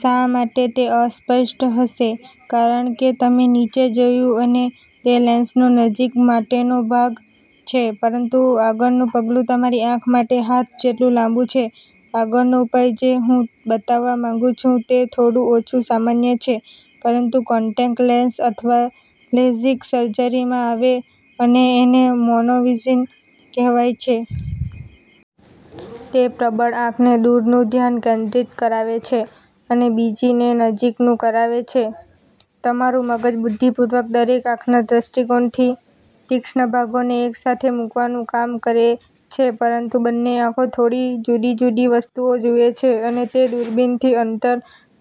શા માટે તે અસ્પષ્ટ હશે? કારણ કે, તમે નીચે જોયું અને તે લેન્સનો નજીક માટેનો ભાગ છે પરંતુ આગળનું પગલું તમારી આંખ માટે હાથ જેટલું લાબું છે. આગળનો ઉપાય જે હું બતાવવા માંગું છું તે થોડું ઓછું સામાન્ય છે પરંતુ કોન્ટેક્ટ લેન્સ અથવા લેસિક સર્જરીમાં આવે, અને એને મોનોવિઝિન કહેવાય છે. તે પ્રબળ આંખ ને દૂર નું ધ્યાન કેન્દ્રિત કરાવે છે અને બીજી ને નજીક નું કરાવે છે. તમારું મગજ બુદ્ધિપૂર્વક દરેક આંખના દૃષ્ટિકોણથી તીક્ષ્ણ ભાગો ને એક સાથે મૂકવાનું કામ કરે છે, પરંતુ બંને આંખો થોડી જુદી જુદી વસ્તુઓ જુએ છે, અને તે દૂરબીનથી અંતર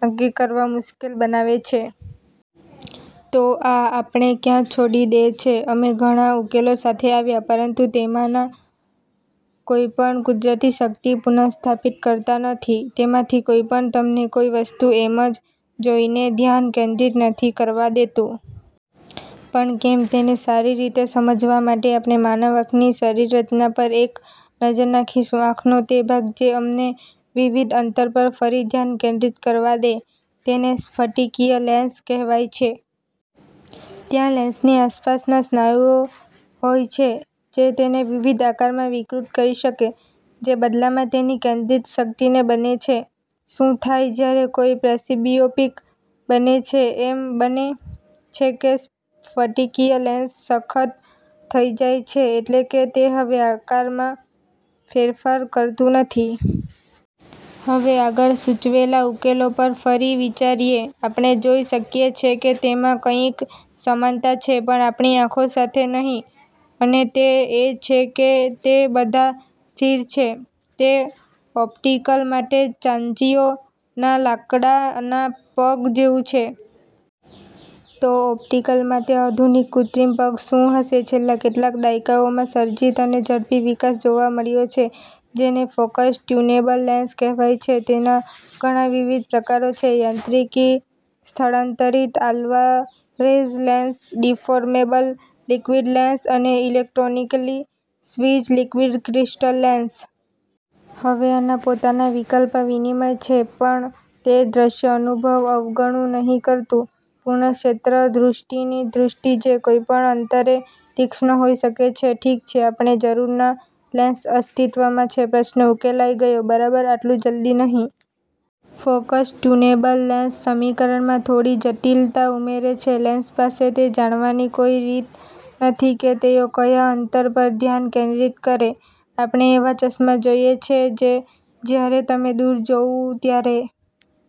નક્કી કરવા મુશ્કેલ બનાવે છે. તો આ આપણે ક્યાં છોડી દે છે? અમે ઘણા ઉકેલો સાથે આવ્યા પરંતુ તેમાંના કોઈપણ કુદરતી શક્તિ પુનસ્થાપિત કરતા નથી. તેમાંથી કોઈ પણ તમને કોઈ વસ્તુ એમજ જોઈ ને ધ્યાન કેન્દ્રિત નથી કરવા દેતું. પણ કેમ? તેને સારી રીતે સમજવા માટે આપણે માનવ આંખની શરીરરચના પર એક નજર નાખીશું. આંખનો તે ભાગ જે અમને વિવિધ અંતર પર ફરી ધ્યાન કેન્દ્રિત કરવા દે તેને સ્ફટિકીય લેન્સ કહેવાય છે. ત્યાં લેન્સની આસપાસના સ્નાયુઓ હોય છે જે તેને વિવિધ આકારમાં વિકૃત કરી શકે, જે બદલામાં તેની કેન્દ્રિત શક્તિને બને છે. શું થાય જ્યારે કોઈ પ્રેસ્બિયોપિક બને છે? એમ બને છે કે સ્ફટિકીય લેન્સ સખત થઇ જાય છે એટલે કે તે હવે આકારમાં ફેરફાર કરતું નથી. હવે, આગળ સૂચવેલા ઉકેલો પર ફરી વિચારયે આપણે જોઈ શકીએ છે કે તેમાં કંઈક સમાનતા છે પણ આપણી આંખો સાથે નહિ, અને તે એ છે કે તે બધા સ્થિર છે. તે ઓપ્ટિકલ માટે ચાંચિયો ના લાકડા ના પગ જેવું છે. તો ઓપ્ટિકલ માટે આધુનિક કૃત્રિમ પગ શું હશે? છેલ્લા કેટલાક દાયકાઓમાં સર્જિત અને ઝડપી વિકાસ જોવા મળ્યો છે જેને "ફોકસ-ટ્યુનેબલ લેન્સ" કહેવાય છે. તેના ઘણાં વિવિધ પ્રકારો છે. યાંત્રિકી સ્થળાંતરિત Alvarez lens, deformable liquid lens અને electronically switch, liquid crystal lens. હવે આના પોતાના વિકલ્પ-વિનિમય છે, પણ તે દ્રશ્ય। અનુભવ અવગણુ નહિ કરતુ. પૂર્ણ-ક્ષેત્ર-દૃષ્ટિની દૃષ્ટિ જે કોઈપણ અંતરે તીક્ષ્ણ હોઈ શકે છે. ઠીક છે. આપણે જરૂરના લેન્સ અસ્તિત્વમાં છે. પ્રશ્ન ઉકેલાઈ ગયો, બરાબર? આટલું જલ્દી નહિ. ફોકસ-ટ્યુનેબલ લેન્સ સમીકરણમાં થોડી જટિલતા ઉમરે છે. લેન્સ પાસે તે જાણવાની કોઈ રીત નથી કે તેઓ કયા અંતર પર ધ્યાન કેન્દ્રિત કરે. આપણે એવા ચશ્માં જોઈએ છે જે જયારે તમે દૂર જોવું, ત્યારે